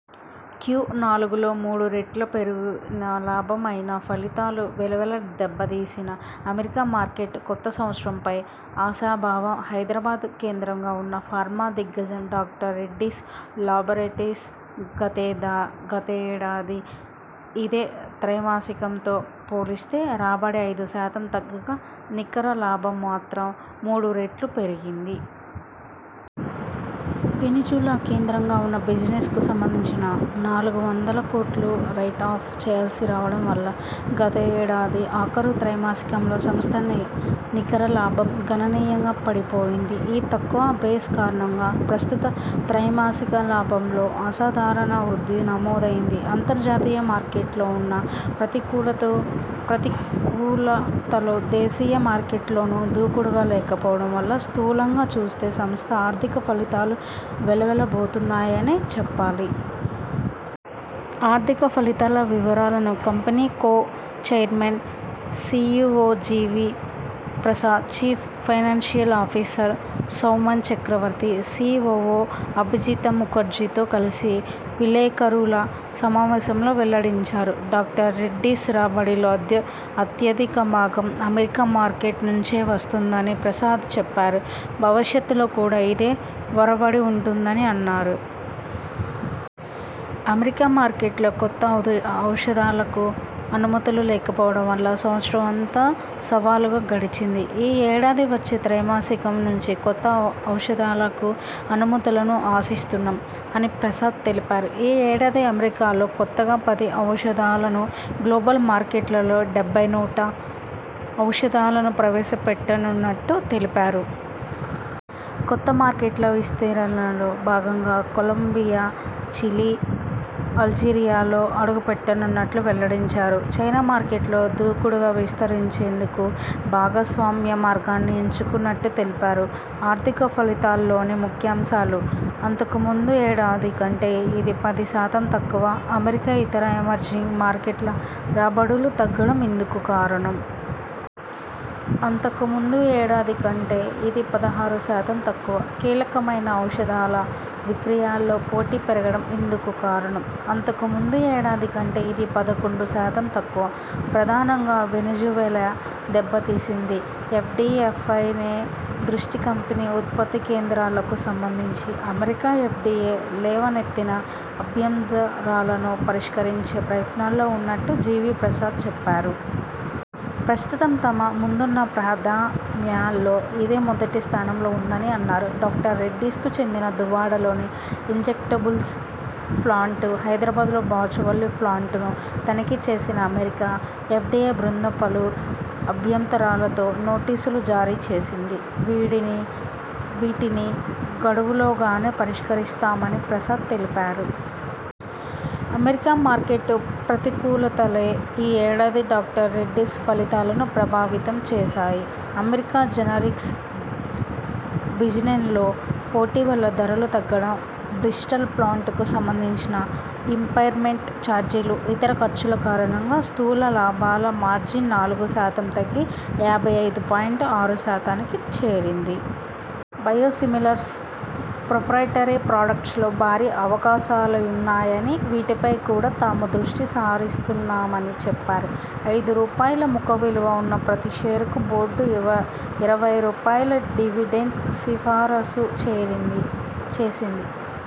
Q నాలుగులో మూడు రెట్లు పెరిగిన లాభం అయినా ఫలితాలు వెలవెల దెబ్బతీసిన అమెరికా మార్కెట్ కొత్త సంవత్సరం పై ఆశాభావం హైదరాబాద్ కేంద్రంగా ఉన్న ఫార్మా దిగ్గజం డాక్టర్ రెడ్డీస్ లాబొరెటరీస్ గతేడాది ఇదే త్రైమాసికంతో పోలిస్తే రాబడి ఐదు శాతం తగ్గగా నికర లాభం మాత్రం మూడురెట్లు పెరిగింది. వెనిజులా కేంద్రంగా ఉన్న బిజినెస్ కు సంబంధించి నాలుగు వందల కోట్లు రైటాఫ్ చేయాల్సి రావడం వల్ల గతేడాది ఆఖరు త్రైమాసికంలో సంస్థ నికరలాభం గణనీయంగా పడిపోయింది. ఈ తక్కువ బేస్ కారణంగా ప్రస్తుత త్రైమాసిక లాభంలో అసాధారణ వృద్ధి నమోదైంది. అంతర్జాతీయ మార్కెట్లో ఉన్న ప్రతికూలతలు దేశీయ మార్కెట్లోనూ దూకుడుగా లేకపోవడం వల్ల స్థూలంగా చూస్తే సంస్థ ఆర్థిక ఫలితాలు వెలవెలబోతున్నాయనే చెప్పాలి. ఆర్థిక ఫలితాల వివరాలను company co chairman, CEO GV Prasad, chief financial officer Soumen Chakraborty, COO Abhijit ముఖర్జీతో కలిసి విలేకరుల సమావేశంలో వెల్లడించారు. డాక్టర్ రెడ్డీస్ రాబడిలో అత్యధిక భాగం అమెరికా మార్కెట్ నుంచే వస్తోందని ప్రసాద్ చెప్పారు. భవిష్యత్తులో కూడా ఇదే ఒరవడి ఉంటుందని అన్నారు. అమెరికా మార్కెట్లో కొత్త ఔషధాలకు అనుమతులు లేకపోవడం వల్ల సంవత్సరం అంతా సవాలుగా గడిచింది. ఈ ఏడాది వచ్చే త్రైమాసికం నుంచి కొత్త ఔషధాలకు అనుమతులను అశిస్తున్నాం'' అని ప్రసాద్ తెలిపారు. ఈ ఏడాది అమెరికాలో కొత్తగా పది ఔషధాలను, గ్లోబల్ మార్కెట్లలో డెబ్బై నూట ఔషధాలను ప్రవేశపెట్టనున్నట్టు తెలిపారు. కొత్త మార్కెట్ల విస్తరణలో భాగంగా కొలంబియా, చిలీ, అల్జీరియాలో అడుగుపెట్టనున్నట్టు వెల్లడించారు. చైనా మార్కెట్లో దూకుడుగా విస్తరించేందుకు భాగస్వామ్య మార్గాన్ని ఎంచుకున్నట్టు తెలిపారు. ఆర్థిక ఫలితాల్లోని ముఖ్యాంశాలు.. అంతకుముందు ఏడాది కంటే ఇది పది శాతం తక్కువ. అమెరికా, ఇతర ఎమర్జింగ్ మార్కెట్ల రాబడులు తగ్గడం ఇందుకు కారణం. అంతకుముందు ఏడాది కంటే ఇది పదహారు శాతం తక్కువ. కీలకమైన ఔషధాల విక్రయాల్లో పోటీ పెరగడం ఇందుకు కారణం. అంతుకుముందు ఏడాది కంటే ఇది పదకొండు శాతం తక్కువ. ప్రధానంగా వెనెజువెలా దెబ్బతీసింది. ఎఫ్డిఎపైనే దృష్టికంపెనీ ఉత్పత్తికేంద్రాలకు సంబంధించి అమెరికా ఎఫ్డిఎ లేవనెత్తిన అభ్యంతరాలను పరిష్కరించే ప్రయత్నాల్లో ఉన్నట్టు జివి ప్రసాద్ చెప్పారు. ప్రస్తుతం తమ ముందున ప్రాధామ్యాల్లో ఇదే మొదటి స్థానంలో ఉందని అన్నారు. డాక్టర్ రెడ్డీస్ కు చెందిన దువ్వాడలోని ఇంజెక్టబుల్స్ ప్లాంటు, హైదరాబాద్లో బాచుపల్లి ప్లాంటును తనిఖీ చేసిన అమెరికా ఎఫ్డిఐ బృందం పలు అభ్యంతరాలతో నోటీసులు జారీ చేసింది. వీటిని గడువులోగానే పరిష్కరిస్తామని ప్రసాద్ తెలిపారు. అమెరికా మార్కెట్ ప్రతికూలతలే ఈ ఏడాది డాక్టర్ రెడ్డీస్ ఫలితాలను ప్రభావితం చేశాయి. అమెరికా జనరిక్స్ బిజినెన్లో పోటీ వల్ల ధరలు తగ్గడం, బ్రిస్టల్ ప్లాంట్ కు సంబంధించిన ఇంపైర్మెంట్ చార్జీలు, ఇతర ఖర్చుల కారణంగా స్థూల లాభాల మార్జిన్ నాలుగు శాతం తగ్గి యాభై ఐదు పాయింట్ ఆరు శాతానికి చేరింది. బయోసిమిలర్స్, ప్రొప్రైటరీ ప్రాడక్ట్స్ లో భారీ అవకాశాలున్నాయనీ వీటిపై కూడా తాము దృష్టి సారిస్తున్నామని చెప్పారు. ఐదు రూపాయల ముఖ విలువ ఉన్న ప్రతి షేరుకు బోర్డు ఇరవై రూపాయల డివిడెండ్ సిఫారసు చేసింది.